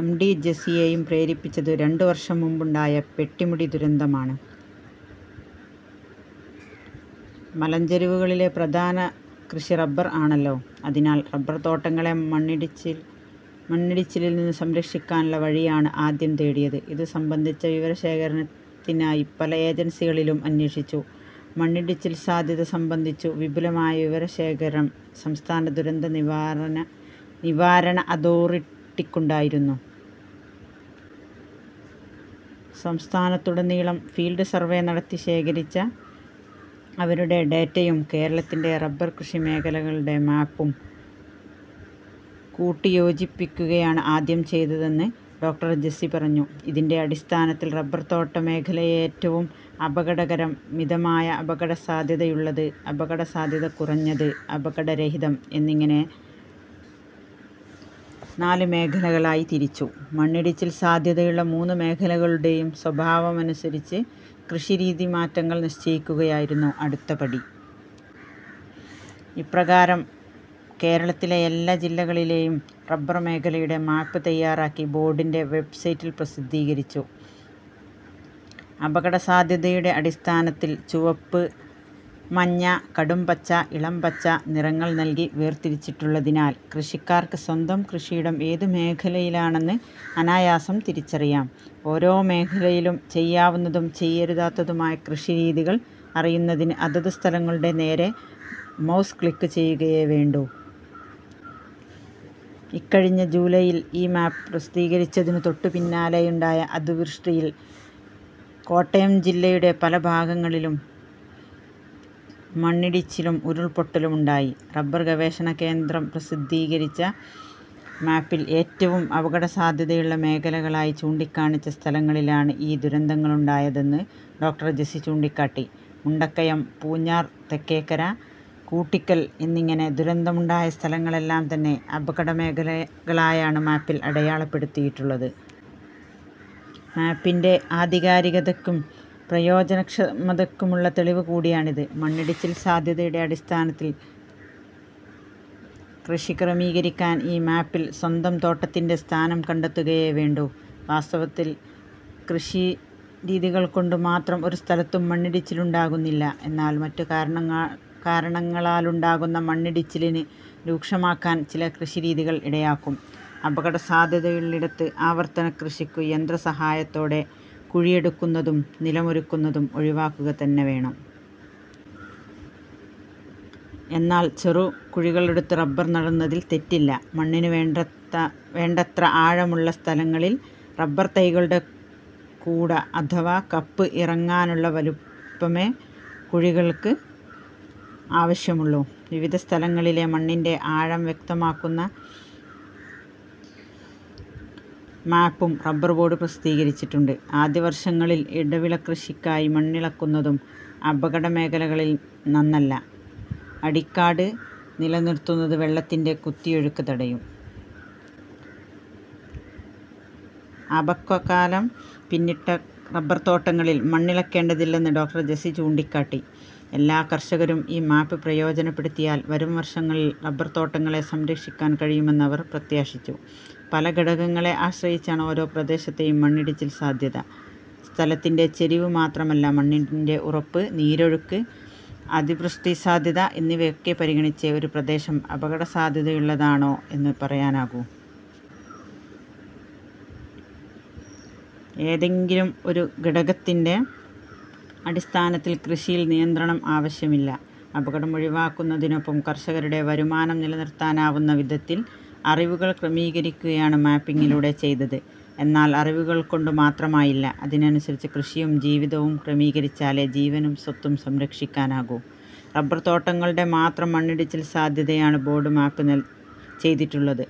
M. D. ജെസിയെയും പ്രേരിപ്പിച്ചതു രണ്ടു വർഷം മുമ്പുണ്ടായ പെട്ടിമുടി ദുരന്തമാണ്. മലഞ്ചെരുവുകളിലെ പ്രധാന കൃഷി റബർ ആണല്ലോ. അതിനാൽ റബർതോട്ടങ്ങളെ മണ്ണിടിച്ചി മണ്ണിടിച്ചിലിൽനിന്നു സംരക്ഷിക്കാനുള്ള വഴിയാണ് ആദ്യം തേടിയത്. ഇതു സംബന്ധിച്ച വിവരശേഖരത്തിനായി പല ഏജൻസികളിലും അന്വേഷിച്ചു. മണ്ണിടിച്ചിൽ സാധ്യത സംബന്ധിച്ചു വിപുലമായ വിവരശേഖരം സംസ്ഥാന ദുരന്ത നിവാരന നിവാരണ അതോറിട്ടിക്കുണ്ടായിരുന്നു. സംസ്ഥാനത്തുടനീളം ഫീൽഡ് സർവേ നടത്തി ശേഖരിച്ച അവരുടെ ഡേറ്റയും കേരളത്തിന്റെ റബർകൃഷിമേഖലകളുടെ മാപ്പും കൂട്ടിയോജിപ്പിക്കുകയാണ് ആദ്യം ചെയ്തതെന്ന് ഡോ. ജെസി പറഞ്ഞു. ഇതിന്റെ അടിസ്ഥാനത്തിൽ റബർതോട്ടമേഖലയെ ഏറ്റവും അപകടകരം, മിതമായ അപകടസാധ്യതയുള്ളത്, അപകടസാധ്യത കുറഞ്ഞത്, അപകടരഹിതം എന്നിങ്ങനെ നാല് മേഖലകളായി തിരിച്ചു. മണ്ണിടിച്ചിൽ സാധ്യതയുള്ള മൂന്നു മേഖലകളുടെയും സ്വഭാവമനുസരിച്ച് കൃഷിരീതിമാറ്റങ്ങൾ നിശ്ചയിക്കുകയായിരുന്നു അടുത്ത പടി. ഇപ്രകാരം കേരളത്തിലെ എല്ലാ ജില്ലകളിലെയും റബർ മേഖലയുടെ മാപ്പ് തയാറാക്കി ബോർഡിന്റെ വെബ്സൈറ്റിൽ പ്രസിദ്ധീകരിച്ചു. അപകടസാധ്യതയുടെ അടിസ്ഥാനത്തിൽ ചുവപ്പ്, മഞ്ഞ, കടും പച്ച, ഇളം പച്ച നിറങ്ങൾ നൽകി വേർതിരിച്ചിട്ടുള്ളതിനാൽ കൃഷിക്കാർക്ക് സ്വന്തം കൃഷിയിടം ഏതു മേഖലയിലാണെന്ന് അനായാസം തിരിച്ചറിയാം. ഓരോ മേഖലയിലും ചെയ്യാവുന്നതും ചെയ്യരുതാത്തതുമായ കൃഷിരീതികൾ അറിയുന്നതിന് അതതു സ്ഥലങ്ങളുടെ നേരെ മൗസ് ക്ലിക് ചെയ്യുകയേ വേണ്ടൂ. ഇക്കഴിഞ്ഞ ജൂലൈയിൽ ഈ മാപ്പ് പ്രസിദ്ധീകരിച്ചതിനു തൊട്ടുപിന്നാലെയുണ്ടായ അതിവൃഷ്ടിയിൽ കോട്ടയം ജില്ലയുടെ പല ഭാഗങ്ങളിലും മണ്ണിടിച്ചിലും ഉരുൾപൊട്ടലുമുണ്ടായി. റബർ ഗവേഷണകേന്ദ്രം പ്രസിദ്ധീകരിച്ച മാപ്പിൽ ഏറ്റവും അപകടസാധ്യതയുള്ള മേഖലകളായി ചൂണ്ടിക്കാണിച്ച സ്ഥലങ്ങളിലാണ് ഈ ദുരന്തങ്ങളുണ്ടായ തെന്ന് ഡോ. ജെസി ചൂണ്ടിക്കാട്ടി. മുണ്ടക്കയം, പൂഞ്ഞാർ തെക്കേക്കര, കൂട്ടിക്കൽ എന്നിങ്ങനെ ദുരന്തമുണ്ടായ സ്ഥലങ്ങളെല്ലാംതന്നെ അപകടമേഖലകളായാണ് മാപ്പിൽ അടയാളപ്പെടുത്തിയിട്ടുള്ളത്. മാപ്പിന്റെ ആധികാരികതയ്ക്കും പ്രയോജനക്ഷമതയ്ക്കുമുള്ള തെളിവ് കൂടിയാണിത്. മണ്ണിടിച്ചിൽ സാധ്യതയുടെ അടിസ്ഥാനത്തിൽ കൃഷി ക്രമീകരിക്കാൻ ഈ മാപ്പിൽ സ്വന്തം തോട്ടത്തിന്റെ സ്ഥാനം കണ്ടെത്തുകയേ വേണ്ടൂ. വാസ്തവത്തിൽ കൃഷിരീതികൾകൊണ്ടു മാത്രം ഒരു സ്ഥലത്തും മണ്ണിടിച്ചിലുണ്ടാകുന്നില്ല. എന്നാൽ മറ്റു കാരണങ്ങാ കാരണങ്ങളാലുണ്ടാകുന്ന മണ്ണിടിച്ചില് രൂക്ഷമാക്കാൻ ചില കൃഷിരീതികൾ ഇടയാക്കും. അപകടസാധ്യതയുള്ളിടത്ത് ആവർത്തനക്കൃഷിക്കു യന്ത്രസഹായത്തോടെ കുഴിയെടുക്കുന്നതും നിലമൊരുക്കുന്നതും ഒഴിവാക്കുകതന്നെ വേണം. എന്നാൽ ചെറുകുഴികളെടുത്ത് റബർ നടുന്നതിൽ തെറ്റില്ല. മണ്ണിനു വേണ്ടത്ര ആഴമുള്ള സ്ഥലങ്ങളിൽ റബർതൈകളുടെ കൂട അഥവാ കപ്പ് ഇറങ്ങാനുള്ള വലുപ്പമേ കുഴികൾക്ക് ആവശ്യമുള്ളൂ. വിവിധ സ്ഥലങ്ങളിലെ മണ്ണിന്റെ ആഴം വ്യക്തമാക്കുന്ന മാപ്പും റബർബോർഡ് പ്രസിദ്ധീകരിച്ചിട്ടുണ്ട്. ആദ്യവർഷങ്ങളിൽ ഇടവിളക്കൃഷിക്കായി മണ്ണിളക്കുന്നതും അപകടമേഖലകളിൽ നന്നല്ല. അടിക്കാട് നിലനിർത്തുന്നത് വെള്ളത്തിന്റെ കുത്തിയൊഴുക്ക് തടയും. അപക്വകാലം പിന്നിട്ട റബർതോട്ടങ്ങളിൽ മണ്ണിളക്കേണ്ടതില്ലെന്ന് ഡോക്ടർ. ജെസി ചൂണ്ടിക്കാട്ടി. എല്ലാ കർഷകരും ഈ മാപ്പ് പ്രയോജനപ്പെടുത്തിയാൽ വരുംവർഷങ്ങളിൽ റബർതോട്ടങ്ങളെ സംരക്ഷിക്കാൻ കഴിയുമെന്ന് അവർ പ്രത്യാശിച്ചു. പല ഘടകങ്ങളെ ആശ്രയിച്ചാണ് ഓരോ പ്രദേശത്തെയും മണ്ണിടിച്ചിൽ സാധ്യത. സ്ഥലത്തിന്റെ ചെരിവ് മാത്രമല്ല, മണ്ണിന്റെ ഉറപ്പ്, നീരൊഴുക്ക്, അതിവൃഷ്ടിസാധ്യത എന്നിവയൊക്കെ പരിഗണിച്ചേ ഒരു പ്രദേശം അപകടസാധ്യതയുള്ളതാണോയെന്നു പറയാനാകൂ. ഏതെങ്കിലും ഒരു ഘടകത്തിന്റെ അടിസ്ഥാനത്തിൽ കൃഷിയിൽ നിയന്ത്രണം ആവശ്യമില്ല. അപകടം ഒഴിവാക്കുന്നതിനൊപ്പം കർഷകരുടെ വരുമാനം നിലനിർത്താനാവുന്ന വിധത്തിൽ അറിവുകൾ ക്രമീകരിക്കുകയാണ് മാപ്പിങ്ങിലൂടെ ചെയ്തത്. എന്നാൽ അറിവുകൾകൊണ്ടു മാത്രമായില്ല, അതിനനുസരിച്ച് കൃഷിയും ജീവിതവും ക്രമീകരിച്ചാലേ ജീവനും സ്വത്തും സംരക്ഷിക്കാനാകൂ. റബർതോട്ടങ്ങളുടെ മാത്രം മണ്ണിടിച്ചിൽ സാധ്യതയാണ് ബോർഡ് മാപ്പ് നൽ ചെയ്തിട്ടുള്ളത്.